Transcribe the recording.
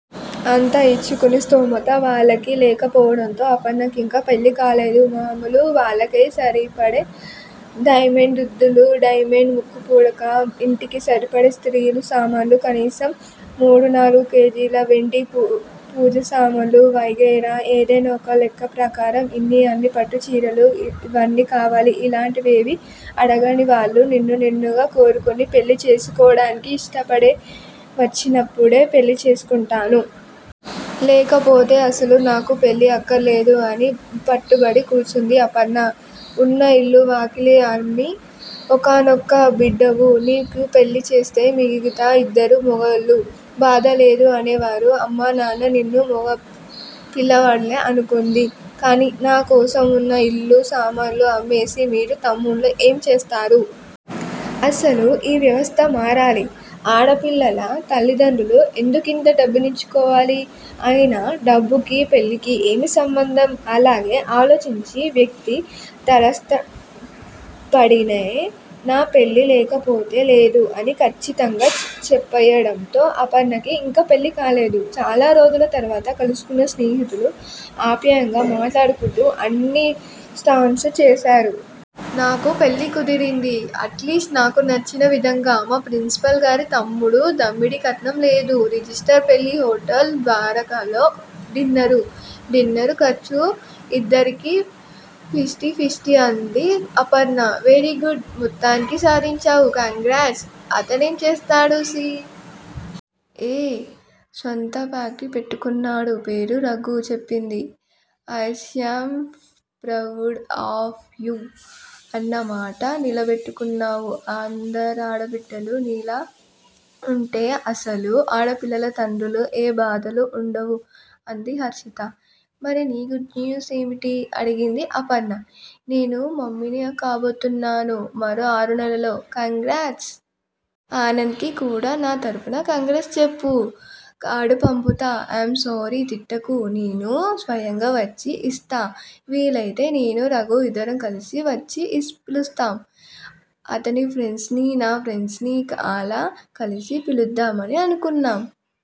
అంత ఇచ్చుకునే స్థోమత వాళ్ళకి లేకపోవడంతో అపర్ణకింకా పెళ్ళికాలేదు. మామూలు వాళ్ళైనా సరే డైమండ్ దుద్దులూ, డైమండ్ ముక్కుపుడకా, ఇంటికి సరిపడే స్టీలు సామాన్లూ కనీసం మూడునాలుగు కేజీ వెండి పూజసామాన్లూ వగైరా, ఏదో ఒకలెక్క ప్రకారం ఇన్నీ అని పట్టుచీరలూ ఇవన్నీ కావాలి. అలాంటివేవీ అడగనివాళ్ళు నన్ను నన్నుగా కోరుకుని పెళ్ళి చేసుకోవడానికి ఇష్టపడేవాళ్ళు వచ్చినప్పుడే పెళ్ళి చేసుకుంటాను. లేకపోతే అసలు నాకు పెళ్లే అక్కర్లేదు అని పట్టుబట్టి కూర్చుంది అపర్ణ. ఉన్న ఇల్లూ వాకిలీ అమ్మి ఒక్కగానొక్క బిడ్డవు. నీపెళ్ళి చేసేస్తే, మిగిలిన ఇద్దరూ మొగపిల్లలు. బాధలేదు అనేవారు అమ్మానాన్నలు! నన్నూ మొగపిల్లాడినే అనుకోండి. నా కోసం ఉన్న ఇల్లూ, సామాన్లూ అమ్మేసి మీరు తమ్ముళ్ళూ ఏం చేస్తారు? అసలు ఈ వ్యవస్థ మారాలి. ఆడపిల్ల తండ్రులు ఎందుకింత డబ్బిచ్చుకోవాలి? అయినా డబ్బుకీ, పెళ్ళికీ ఏమిటి సంబంధం? నాలాగే ఆలోచించే వ్యక్తి తటస్థపడినప్పుడే నా పెళ్ళి, లేకపోతే లేదు అని ఖచ్చితంగా చెప్పెయ్యడంతో అపర్ణకింకా పెళ్ళికాలేదు. చాలారోజుల తరువాత కలుసుకున్న స్నేహితులు ఆప్యాయంగా మాట్లాడుకుంటూ అన్ని స్టాల్సూ చూశారు. నాకు పెళ్ళి కుదిరింది. అట్ లాస్ట్ నాకు నచ్చిన విధంగా, మా ప్రిన్సిపాల్ గారి తమ్ముడు. దమ్మిడీ కట్నం లేదు. రిజిష్టర్ పెళ్ళి, హోటల్ ద్వారకాలో డిన్నరు. డిన్నరు ఖర్చు ఇద్దరిదీ ఫిఫ్టీ ఫిఫ్టీ! అంది అపర్ణ. వెరీగుడ్! మొత్తానికి సాధించావు! కంగ్రాట్స్! అతనేం చేస్తున్నాడు సి. ఎ. స్వంత ప్రాక్టీసు పెట్టుకున్నాడు. పేరు రఘు చెప్పింది. I am proud of you. అన్నమాట నిలబెట్టుకున్నావు. అందరాడపిల్లలూ నీలా ఉంటే అసలు ఆడపిల్లల తల్లిదండ్రులకు ఏ బాధలూ ఉండవు అంది హర్షిత. మరి నీ గుడ్ న్యూస్ ఏమిటి? అడిగింది అపర్ణ. నేను మమ్మీని కాబోతున్నాను మరో ఆరునెలల్లో కంగ్రాట్స్! ఆనంద్ కి కూడా నా తరపున కంగ్రాట్స్ చెప్పు. కార్డ్ పంపుతా ఐయామ్ సారీ తిట్టకు. నేనే స్వయంగా వచ్చి ఇస్తా. వీలైతే నేనూ రఘూ ఇద్దరం కలిసే వచ్చి పిలుస్తాం. అతని ఫ్రెండ్స్ నీ, నా ఫ్రెండ్స్ నీ, అలా కలిసి పిలుద్దామని అనుకున్నాం.